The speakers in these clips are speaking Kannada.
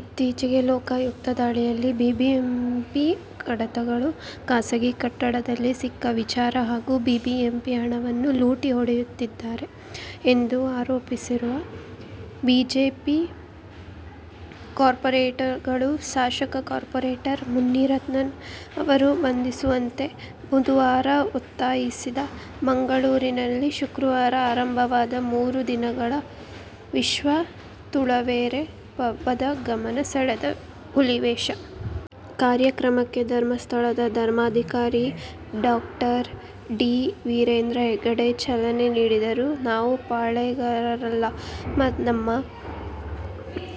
ಇತ್ತೀಚೆಗೆ ಲೋಕಾಯುಕ್ತ ದಾಳಿಯಲ್ಲಿ ಬಿಬಿಎಂಪಿ ಕಡತಗಳು ಖಾಸಗಿ ಕಟ್ಟಡದಲ್ಲಿ ಸಿಕ್ಕ ವಿಚಾರ ಹಾಗೂ ಬಿಬಿಎಂಪಿ ಹಣವನ್ನು ಲೂಟಿ ಹೊಡೆಯುತ್ತಿದ್ದಾರೆ ಎಂದು ಆರೋಪಿಸಿರುವ ಬಿಜೆಪಿ ಕಾರ್ಪೋರೇಟರ್ ಗಳು ಶಾಸಕ, ಕಾರ್ಪೋರೇಟರ್ ಮುನಿರತ್ನ ಅವರನ್ನು ಬಂಧಿಸುವಂತೆ ಬುಧವಾರ ಒತ್ತಾಯಿಸಿದೆ. ಮಂಗಳೂರಿನಲ್ಲಿ ಶುಕ್ರವಾರ ಆರಂಭವಾದ ಮೂರು ದಿನಗಳ ವಿಶ್ವ ತುಳುವೆರೆ ಪರ್ಬದಲ್ಲಿ ಗಮನ ಸೆಳೆದ ಹುಲಿವೇಷ. ಕಾರ್ಯಕ್ರಮಕ್ಕೆ ಧರ್ಮಸ್ಥಳದ ಧರ್ಮಾಧಿಕಾರಿ ಡಾ. ಡಿ. ವೀರೇಂದ್ರ ಹೆಗ್ಗಡೆ ಚಾಲನೆ ನೀಡಿದರು. ನಾವು ಪಾಳೇಗಾರರಲ್ಲ, ನಮ್ಮ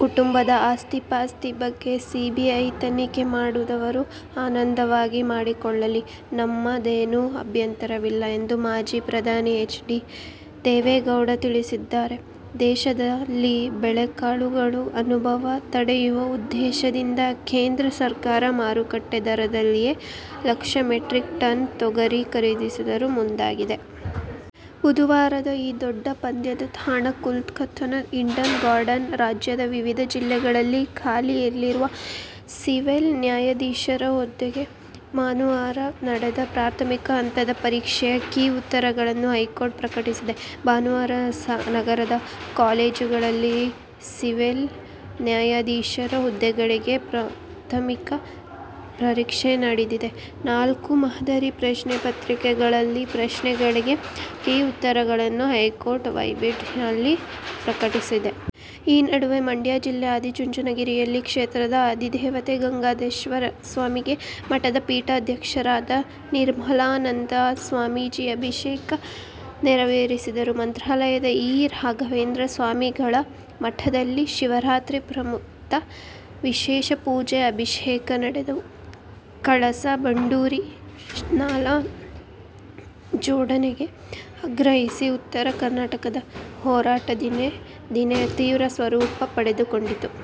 ಕುಟುಂಬದ ಆಸ್ತಿ-ಪಾಸ್ತಿ ಬಗ್ಗೆ ಸಿಬಿಐ ತನಿಖೆ ಮಾಡುವುದಾದರೆ ಆನಂದವಾಗಿ ಮಾಡಿಕೊಳ್ಳಲಿ. ನಮ್ಮದೇನೂ ಅಭ್ಯಂತರವಿಲ್ಲ ಎಂದು ಮಾಜಿ ಪ್ರಧಾನಿ ಎಚ್. ಡಿ. ದೇವೇಗೌಡ ತಿಳಿಸಿದ್ದಾರೆ. ದೇಶದಲ್ಲಿ ಬೇಳೆಕಾಳುಗಳ ಅಭಾವ ತಡೆಯುವ ಉದ್ದೇಶದಿಂದ ಕೇಂದ್ರ ಸರ್ಕಾರ ಮಾರುಕಟ್ಟೆ ದರದಲ್ಲಿಯೇ ಲಕ್ಷ ಮೆಟ್ರಿಕ್ ಟನ್ ತೊಗರಿ ಖರೀದಿಸಲು ಮುಂದಾಗಿದೆ. ಬುಧವಾರದ ಈ ದೊಡ್ಡ ಪಂದ್ಯದ ತಾಣ ಕೋಲ್ಕತಾದ "ಈಡನ್ ಗಾರ್ಡನ್ಸ್'. ರಾಜ್ಯದ ವಿವಿಧ ಜಿಲ್ಲೆಗಳಲ್ಲಿ ಖಾಲಿಯಿರುವ ಸಿವಿಲ್ ನ್ಯಾಯಾಧೀಶರ ಹುದ್ದೆಗೆ ಭಾನುವಾರ ನಡೆದ ಪ್ರಾಥಮಿಕ ಹಂತದ ಪರೀಕ್ಷೆಯ ಕೀ ಉತ್ತರಗಳನ್ನು ಹೈಕೋರ್ಟ್ ಪ್ರಕಟಿಸಿದೆ. ಭಾನುವಾರ ನಗರದ ಕಾಲೇಜುಗಳಲ್ಲಿ ಸಿವಿಲ್ ನ್ಯಾಯಾಧೀಶರ ಹುದ್ದೆಗಳಿಗೆ ಪ್ರಾಥಮಿಕ ಪರೀಕ್ಷೆ ನಡೆದಿದ್ದು, ನಾಲ್ಕು ಮಾದರಿ ಪ್ರಶ್ನೆ ಪ್ರತ್ರಿಕೆಗಳಲ್ಲಿನ ಪ್ರಶ್ನೆಗಳಿಗೆ ಕೀ ಉತ್ತರಗಳನ್ನು ಹೈಕೋರ್ಟ್ ವೆಬ್ಸೈಟ್ನಲ್ಲಿ ಪ್ರಕಟಿಸಲಾಗಿದೆ. ಈ ನಡುವೆ, ಮಂಡ್ಯ ಜಿಲ್ಲೆ ಆದಿಚುಂಚನಗಿರಿಯಲ್ಲಿ ಕ್ಷೇತ್ರದ ಅದಿದೇವತೆ ಗಂಗಾಧರೇಶ್ವರಸ್ವಾಮಿಗೆ ಮಠದ ಪೀಠಾಧ್ಯಕ್ಷರಾದ ನಿರ್ಮಲಾನಂದನಾಥಸ್ವಾಮೀಜಿ ಅಭಿಷೇಕ ನೆರವೇರಿಸಿದರು. ಮಂತ್ರಾಲಯದ ಶ್ರೀ ರಾಘವೇಂದ್ರ ಸ್ವಾಮಿಗಳ ಮಠದಲ್ಲಿ ಶಿವರಾತ್ರಿ ಪ್ರಯುಕ್ತ ವಿಶೇಷ ಪೂಜೆ, ಅಭಿಷೇಕ ನಡೆದವು. ಕಳಸಾ- ಬಂಡೂರಿ ನಾಲಾ ಜೋಡಣೆಗೆ ಆಗ್ರಹಿಸಿ ಉತ್ತರ ಕರ್ನಾಟಕದಲ್ಲಿ ಹೋರಾಟ ದಿನೇ ದಿನೇ ತೀವ್ರ ಸ್ವರೂಪ ಪಡೆದುಕೊಳ್ಳುತ್ತಿದೆ.